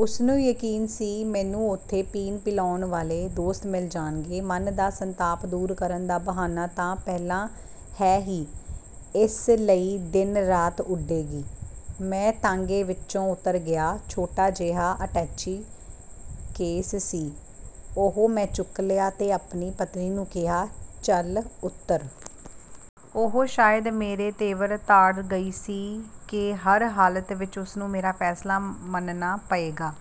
ਉਸਨੂੰ ਯਕੀਨ ਸੀ, ਮੈਨੂੰ ਉੱਥੇ ਪੀਣ-ਪਿਲਾਉਣ ਵਾਲੇ ਦੋਸਤ ਮਿਲ ਜਾਣਗੇ। ਮਨ ਦਾ ਸੰਤਾਪ ਦੂਰ ਕਰਨ ਦਾ ਬਹਾਨਾ ਤਾਂ ਪਹਿਲਾਂ ਹੈ ਹੀ ਇਸ ਲਈ ਦਿਨ ਰਾਤ ਉੱਡੇਗੀ। ਮੈਂ ਤਾਂਗੇ ਵਿਚੋਂ ਉਤਰ ਗਿਆ। ਛੋਟਾ ਜਿਹਾ ਅਟੈਚੀ ਕੇਸ ਸੀ, ਉਹ ਮੈਂ ਚੁੱਕ ਲਿਆ ਤੇ ਆਪਣੀ ਪਤਨੀ ਨੂੰ ਕਿਹਾ, "ਚੱਲ ਉਤਰ! " ਉਹ ਸ਼ਾਇਦ ਮੇਰੇ ਤੇਵਰ ਤਾੜ ਗਈ ਸੀ ਕਿ ਹਰ ਹਾਲਤ ਵਿਚ ਉਸਨੂੰ ਮੇਰਾ ਫ਼ੈਸਲਾ ਮੰਨਣਾ ਪਏਗਾ,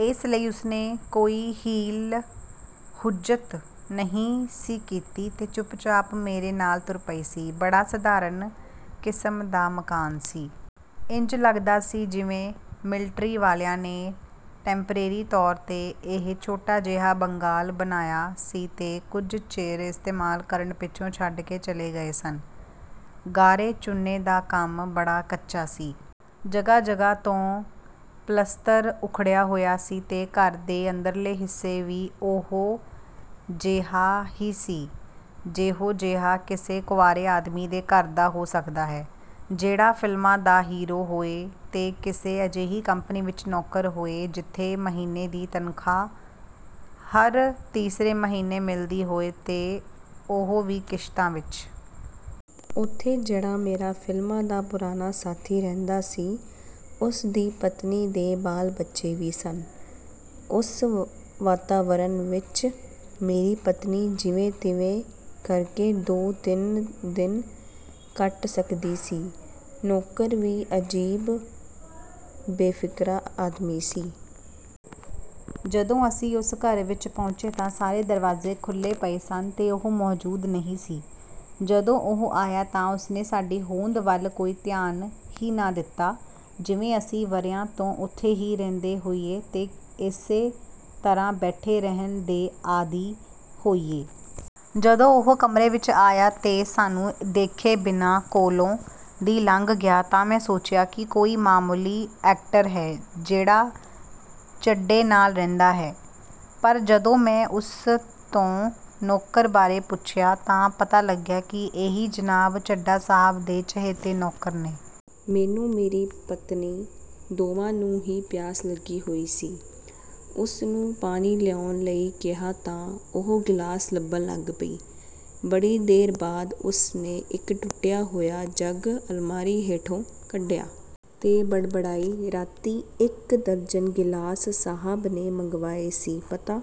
ਇਸ ਲਈ ਉਸਨੇ ਕੋਈ ਹੀਲ-ਹੁੱਜਤ ਨਹੀਂ ਸੀ ਕੀਤੀ ਤੇ ਚੁੱਪਚਾਪ ਮੇਰੇ ਨਾਲ ਤੁਰ ਪਈ ਸੀ। ਬੜਾ ਸਾਧਾਰਣ ਕਿਸਮ ਦਾ ਮਕਾਨ ਸੀ। ਇੰਜ ਲੱਗਦਾ ਸੀ ਜਿਵੇਂ ਮਿਲਟਰੀ ਵਾਲਿਆਂ ਨੇ ਟੈਂਪਰੇਰੀ ਤੌਰ 'ਤੇ ਇਹ ਛੋਟਾ ਜਿਹਾ ਬੰਗਾਲ ਬਣਾਇਆ ਸੀ ਤੇ ਕੁਝ ਚਿਰ ਇਸਤੇਮਾਲ ਕਰਨ ਪਿੱਛੋਂ ਛੱਡ ਕੇ ਚਲੇ ਗਏ ਸਨ। ਗਾਰੇ-ਚੂਨੇ ਦਾ ਕੰਮ ਬੜਾ ਕੱਚਾ ਸੀ। ਜਗ੍ਹਾ-ਜਗ੍ਹਾ ਤੋਂ ਪਲਸਤਰ ਉੱਖੜਿਆ ਹੋਇਆ ਸੀ ਤੇ ਘਰ ਦੇ ਅੰਦਰਲਾ ਹਿੱਸਾ ਵੀ ਓਹੋ-ਜਿਹਾ ਹੀ ਸੀ ਜਿਹੋ-ਜਿਹਾ ਕਿਸੇ ਕੁਆਰੇ ਆਦਮੀ ਦੇ ਘਰ ਦਾ ਹੋ ਸਕਦਾ ਹੈ, ਜਿਹੜਾ ਫ਼ਿਲਮਾਂ ਦਾ ਹੀਰੋ ਹੋਏ ਤੇ ਕਿਸੇ ਅਜਿਹੀ ਕੰਪਨੀ ਵਿਚ ਨੌਕਰ ਹੋਏ, ਜਿੱਥੇ ਮਹੀਨੇ ਦੀ ਤਨਖ਼ਾਹ ਹਰ ਤੀਸਰੇ ਮਹੀਨੇ ਮਿਲਦੀ ਹੋਏ ਤੇ ਉਹ ਵੀ ਕਿਸ਼ਤਾਂ ਵਿਚ। ਉੱਥੇ ਜਿਹੜਾ ਮੇਰਾ ਫ਼ਿਲਮਾਂ ਦਾ ਪੁਰਾਣਾ ਸਾਥੀ ਰਹਿੰਦਾ ਸੀ, ਉਸਦੀ ਪਤਨੀ ਦੇ ਬਾਲ-ਬੱਚੇ ਵੀ ਸਨ। ਉਸ ਵਾਤਾਵਾਰਣ ਵਿਚ ਮੇਰੀ ਪਤਨੀ ਜਿਵੇਂ-ਤਿਵੇਂ ਕਰਕੇ ਦੋ-ਤਿੰਨ ਦਿਨ ਕੱਟ ਸਕਦੀ ਸੀ। ਨੌਕਰ ਵੀ ਅਜੀਬ ਬੇਫਿਕਰਾ ਆਦਮੀ ਸੀ। ਜਦੋਂ ਅਸੀਂ ਉਸ ਘਰ ਵਿਚ ਪਹੁੰਚੇ ਤਾਂ ਸਾਰੇ ਦਰਵਾਜ਼ੇ ਖੁੱਲ੍ਹੇ ਪਏ ਸਨ ਤੇ ਉਹ ਮੌਜ਼ੂਦ ਨਹੀਂ ਸੀ। ਜਦੋਂ ਉਹ ਆਇਆ ਤਾਂ ਉਸਨੇ ਸਾਡੀ ਹੋਂਦ ਵੱਲ ਕੋਈ ਧਿਆਨ ਹੀ ਨਾ ਦਿੱਤਾ, ਜਿਵੇਂ ਅਸੀਂ ਵਰ੍ਹਿਆਂ ਤੋਂ ਉੱਥੇ ਹੀ ਰਹਿੰਦੇ ਹੋਈਏ ਤੇ ਇਸੇ ਤਰ੍ਹਾਂ ਬੈਠੇ ਰਹਿਣ ਦੇ ਆਦੀ ਹੋਈਏ। ਜਦੋਂ ਉਹ ਕਮਰੇ ਵਿਚ ਆਇਆ ਤੇ ਸਾਨੂੰ ਦੇਖੇ ਬਿਨਾਂ ਕੋਲੋਂ ਦੀ ਲੰਘ ਗਿਆ ਤਾਂ ਮੈਂ ਸੋਚਿਆ ਕਿ ਕੋਈ ਮਾਮੂਲੀ ਐਕਟਰ ਹੈ, ਜਿਹੜਾ ਚੱਡੇ ਨਾਲ ਰਹਿੰਦਾ ਹੈ। ਪਰ ਜਦੋਂ ਮੈਂ ਉਸ ਤੋਂ ਨੌਕਰ ਬਾਰੇ ਪੁੱਛਿਆ ਤਾਂ ਪਤਾ ਲੱਗਿਆ ਕਿ ਇਹੀ ਜਨਾਬ, ਚੱਡਾ ਸਾਹਬ ਦੇ ਚਹੇਤੇ ਨੌਕਰ ਨੇ। ਮੈਨੂੰ ਤੇ ਮੇਰੀ ਪਤਨੀ ਦੋਵਾਂ ਨੂੰ ਹੀ ਪਿਆਸ ਲੱਗੀ ਹੋਈ ਸੀ। ਉਸਨੂੰ ਪਾਣੀ ਲਿਆਉਣ ਲਈ ਕਿਹਾ ਤਾਂ ਉਹ ਗ਼ਲਾਸ ਲੱਭਣ ਲੱਗ ਪਈ। ਬੜੀ ਦੇਰ ਬਾਅਦ ਉਸਨੇ ਇਕ ਟੁੱਟਿਆ ਹੋਇਆ ਜੱਗ ਅਲਮਾਰੀ ਹੇਠੋਂ ਕੱਢਿਆ ਤੇ ਬੜਬੜਾਈ, "ਰਾਤੀਂ ਇਕ ਦਰਜਨ ਗ਼ਿਲਾਸ ਸਾਹਬ ਨੇ ਮੰਗਵਾਏ ਸੀ, ਪਤਾ